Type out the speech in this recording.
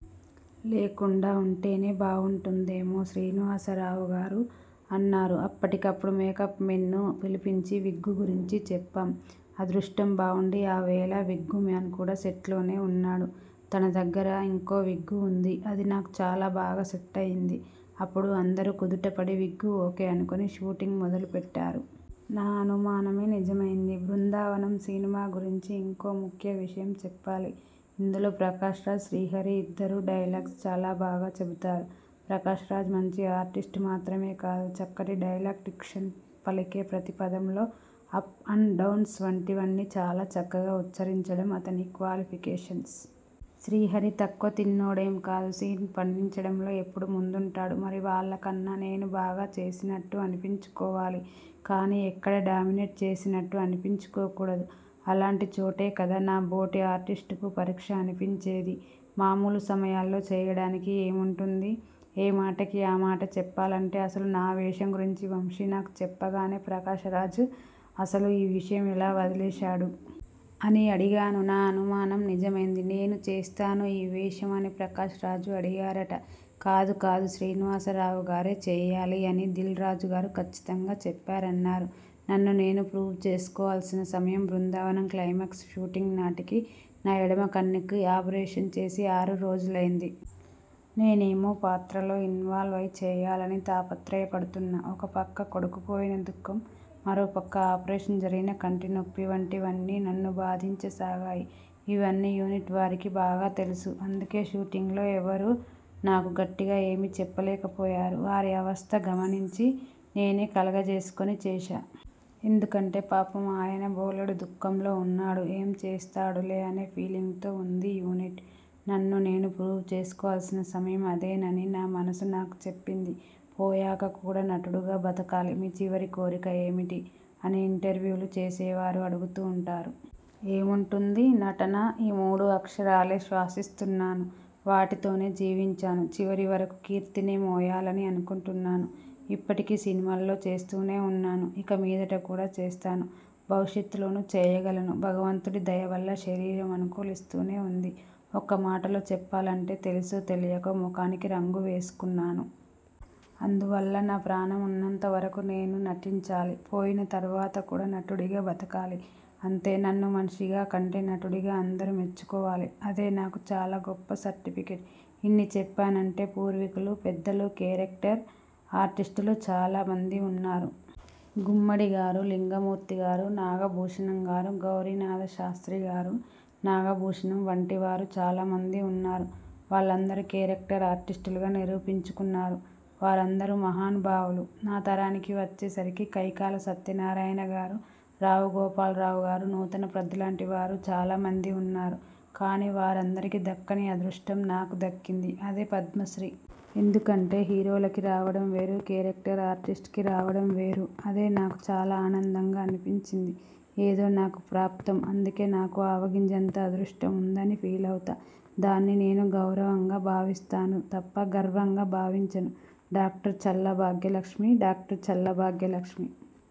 లేకుండా ఉంటేనే బావుంటుందేమో శ్రీనివాసరావుగారూ' అన్నారు. అప్పటికప్పుడు మేకప్ మేన్ ని పిలిపించి విగ్గు గురించి చెప్పాం. అదృష్టం బావుండి ఆ వేళ విగ్గుమ్యాన్ కూడా సెట్లోనే ఉన్నాడు. తన దగ్గర ఇంకో విగ్గు ఉంది. అది నాకు చాలా బాగా సెట్ అయింది. అప్పుడు అందరూ కుదుటపడి విగ్గు ఓకే అనుకుని షూటింగ్ మొదలుపెట్టారు. నా అనుమానమే నిజమైంది బృందావనం సినిమా గురించి ఇంకో ముఖ్య విషయం చెప్పాలి. ఇందులో ప్రకాశరాజ్, శ్రీహరి ఇద్దరూ డైలాగ్స్ చాలా బాగా చెబుతారు. ప్రకాశరాజ్ మంచి ఆర్టిస్ట్ మాత్రమే కాదు. చక్కటి డైలాగ్ డిక్షన్, పలికే ప్రతి పదంలో అప్ అండ్ డౌన్స్ వంటివన్నీ చాలా చక్కగా ఉచ్ఛరించడం అతని క్వాలిఫికేషన్స్. శ్రీహరి తక్కువ తిన్నోడేం కాదు. సీన్ పండించడంలో ఎప్పుడూ ముందుంటాడు. మరి వాళ్ళకన్నా నేను బాగా చేసినట్టు అనిపించుకోవాలి, కానీ ఎక్కడా డామినేట్ చేసినట్టు అనిపించుకోకూడదు. అలాంటి చోటే కదా నాబోటి ఆర్టిస్టుకి పరీక్ష అనిపించేది. మామూలు సమయాల్లో చేయడానికి ఏముంటుంది? ఏమాటకి ఆమాట చెప్పాలంటే అసలు నా వేషం గురించి వంశీ నాకు చెప్పగానే 'ప్రకాశరాజ్ అసలు ఈ వేషం ఎలా వదిలేశాడు? ' అని అడిగాను. నా అనుమానం నిజమైంది. 'నేను చేస్తాను ఈ వేషం' అని ప్రకాశ్రాజ్ అడిగారట. 'కాదు, కాదు, శ్రీనివాసరావుగారే చేయాలి' అని దిల్ రాజుగారు కచ్చితంగా చెప్పారన్నారు. నన్ను నేను ప్రూవ్ చేసుకోవాల్సిన సమయం బృందావనం క్లైమాక్స్ షూటింగ్ నాటికి నా ఎడమ కన్నుకి ఆపరేషన్ చేసి ఆరు రోజులైంది. నేనేమో పాత్రలో ఇన్వాల్వ్ అయి చేయాలని తాపత్రయపడుతున్నా. ఒక పక్క కొడుకు పోయిన దుఃఖం, మరోపక్క ఆపరేషన జరిగిన కంటినొప్పి వంటివన్నీ నన్ను బాధించసాగాయి. ఇవన్నీ యూనిట్ వారికి బాగా తెలుసు. అందుకే షూటింగ్లో ఎవరూ నాకు గట్టిగా ఏమీ చెప్పలేకపోయారు. వారి అవస్త గమనించి నేనే కలగజేసుకుని చేశా. ఎందుకంటే, 'పాపం ఆయన బోలెడు దుఃఖంలో ఉన్నాడు. ఏం చేస్తాడులే' అనే ఫీలింగ్ తో ఉంది యూనిట్. నన్ను నేను ప్రూవ్ చేసుకోవాల్సిన సమయం అదేనని నా మనసు నాకు చెప్పింది. పోయాక కూడా నటుడుగా బతకాలి'మీచివరి కోరిక ఏమిటి' అని ఇంటర్వ్యూలు చేసేవారు అడుగుతూ ఉంటారు. ఏముంటుంది? నటన. ఈ మూడు అక్షరాలే శ్వాసిస్తున్నాను. వాటితోనే జీవించాను. చివరి వరకు కీర్తినే మోయాలని అనుకుంటున్నాను. ఇప్పటికీ సినిమాల్లో చేస్తూనే ఉన్నాను. ఇక మీదట కూడా చేస్తాను. భవిష్యత్తులోనూ చేయగలను. భగవంతుడి దయవల్ల శరీరం అనుకూలిస్తూనే ఉంది. ఒక్క మాటలో చెప్పాలంటే, 'తెలిసో తెలియకో మొఖానికి రంగు వేసుకున్నాను. అందువల్ల నా ప్రాణం ఉన్నంత వరకు నేను నటించాలి. పోయిన తర్వాత కూడా నటుడిగా బతకాలి, అంతే. నన్ను మనిషిగా కంటే నటుడిగా అందరూ మెచ్చుకోవాలి. అదే నాకు చాలా గొప్ప సర్టిఫికెట్ '. ఇన్ని చెప్పానంటే పూర్వీకులు పెద్దలు, కేరక్టర్ ఆర్టిస్టులు చాలా మంది ఉన్నారు. గుమ్మడిగారు, లింగమూర్తిగారు. నాగభూషణంగారు, గౌరినాథశాస్త్రిగారు, నాగభూషణం వంటివారు చాలా మంది ఉన్నారు. వాళ్ళందరూ కేరక్టర్ ఆర్టిస్టులుగా నిరూపించుకున్నారు. వారందరూ మహానుభావులు. నా తరానికి వచ్చేసరికి కైకాల సత్యనారాయణగారు, రావు గోపాలరావుగారు, నూతనప్రాద్లాంటివారు చాలా మంది ఉన్నారు. కానీ వారందరికీ దక్కని అదృష్టం నాకు దక్కింది. అదే పద్మశ్రీ. ఎందుకంటే హీరోలకి రావడం వేరు, కేరక్టర్ ఆర్టిస్ట్కి రావడంవేరు. అదే నాకు చాలా ఆనందంగా అనిపించింది. ఏదో నాకు ప్రాప్తం. అందుకే నాకు ఆవగింజంత అదృష్టం ఉందని ఫీలవుతా. దాన్ని నేను గౌరవంగా భావిస్తాను తప్ప, గర్వంగా భావించను. Doctor Challa Bhagyalakshmi doctor Challa Bhagyalakshmi